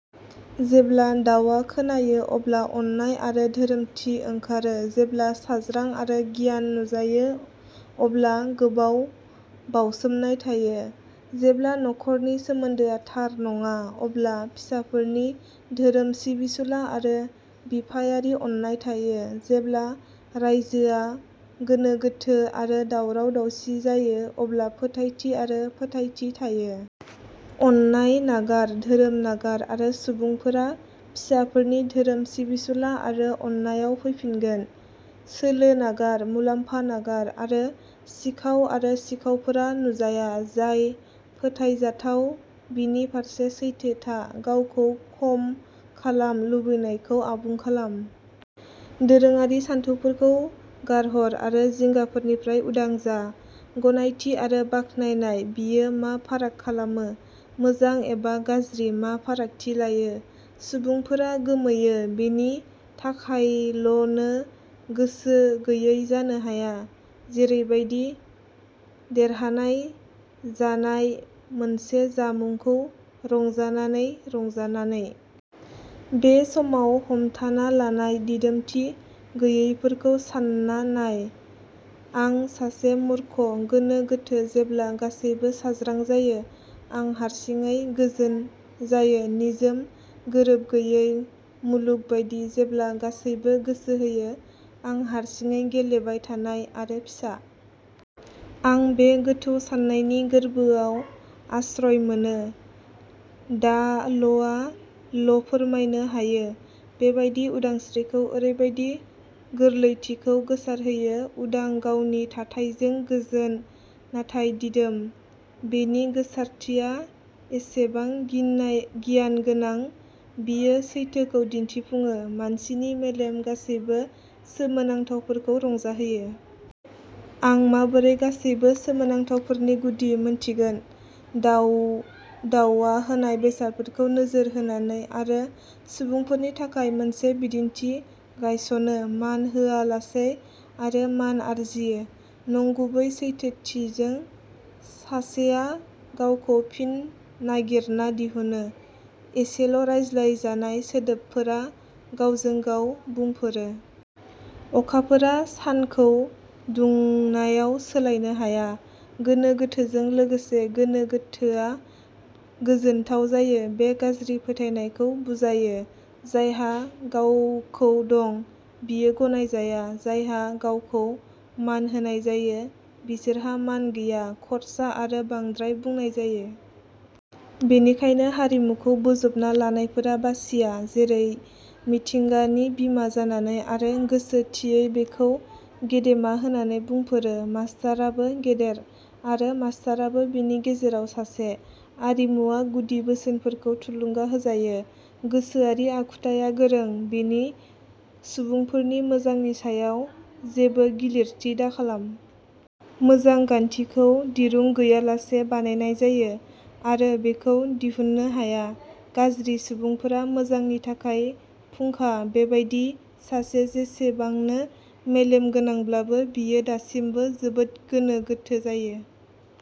जेब्ला दावआ खोमायो, अब्ला अननाय आरो धोरोमथि ओंखारो। जेब्ला सांग्रा आरो गियान नुजायो, अब्ला गोबां बावसोमनाय थायो। जेब्ला नखरनि सोमोन्दोआ थार नङा, अब्ला फिसाफोरनि धोरोम सिबिसुला आरो बिफायारि अननाय थायो। जेब्ला रायजोआ गोनो गोथो आरो दावराव-दावसि जायो, अब्ला फोथायथि आरो फोथायथि थायो। अननाय नागार, धोरोम नागार; आरो सुबुंफोरा फिसाफोरनि धोरोम सिबिसुला आरो अननायाव फैफिनगोन। सोलो नागार, मुलाम्फा नागार; आरो सिखाव आरो सिखावफोरा नुजाया। जाय फोथायजाथाव, बिनि फारसे सैथो था। गावखौ खम खालाम, लुबैनायखौ खम खालाम। दोरोङारि सानथौफोरखौ गारहर आरो जिंगाफोरनिफ्राय उदां जा। गनायथि एबा बाख्नायनाय, बेयो मा फाराग खालामो? मोजां एबा गाज्रि, मा फारागथि लायो? सुबुंफोरा गोमोयो, बेनि थाखायल'नों गोसो गैयै जानो हाया? जेरैबादि। देरहासार जानाय मोनसे जामुंखौ रंजानानै रंजानानै। बे समखौ हमथाना लानाय! दिदोमथि गैयैफोरखौ सानना नायनाय। आं सासे मूर्ख! गोनो गोथो! जेब्ला गासैबो सांग्रां जायो, आं हारसिङै गोजोन जायो। निजोम! जोबनोगैयै मुलुग बायदि। जेब्ला गासैबो गोसो होयो, आं हारसिङै गेलेबाय थानाय आरो फिसा। आं बे गोथौ साननायनि गोरबोआव आश्रय मोनो। दाअ'आ ल'फोरमायनो हायो। बेबादि उदांस्रिखौ, ओरैबादि गोरलैथिखौ गोसारहोयो। उदां! गावनि थाथायजों गोजोन, नाथाय दिदोम। बेनि जोंसारथिया एसेबां गियानगोनां, बेयो सैथोखौ दिन्थिफुङो। मानसिनि मेलेमनि गासैबो सोमोनांथावफोरखौ रंजाहोनाय। आं माबोरै गासैबो सोमोनांथावफोरनि गुदिखौ मिन्थिगोन? दाअ'खौ होनाय बेसादफोरखौ नोजोर होनानै। आरो सुबुंफोरनि थाखाय मोनसे बिदिन्थि गायसनो। मान होआलासै आरो मान आरजियो। नंगुबै सैथोथिजों, सासेया गावखौ फिन नागिरना दिहुनो। एसेल'रायज्लायजानाय, सोदोबफोरा गावनो गावनो बुंफोरो। अखाफोरआ सानखौ सान्दुंआव सोलायनो हाया। गोनो गोथोजों लोगोसे, गोनो गोथोआ गोजोनथाव जायो। बे गाज्रिनि फोथायनायखौ बुजायो। जायहा गावखौ दं, बिसोर गायसनजाया। जायहा गावखौ मान होनाय जायो, बिसोरहा मान गैया। खर्सा आरो बांद्राय बुंनाय जायो। बेनिखायनो आरिमुखौ बोजबना लानायफोरा बासिया। जेरै मिथिंगानि बिमा जानानै। आरो गोसो थियै बेखौ गेदेमा होन्ना बुंफोरो। मास्ताराबो गेदेमा। आरो मास्ताराबो बिसोरनि गेजेराव सासे। आरिमुआ गुदि बोसोनफोरजों थुलुंगा होजायो। गोसोआरि आखुथाइआ गोरों। बेनि सुबुंफोरनि मोजांनि सायाव जेबो गिलिरथि दाखालाम। मोजां गान्थिखौ दिरुं गैयाजासे बानायनाय जायो आरो बेखौ दिहुननो हाया। गाज्रि सुबुंफोरा मोजांनि थाखाय फुंखा। बेबायदि सासे जेसेबांनो मेलेमगोनांब्लाबो, बियो दासिमबो जोबोद गोनो गोथो जायो।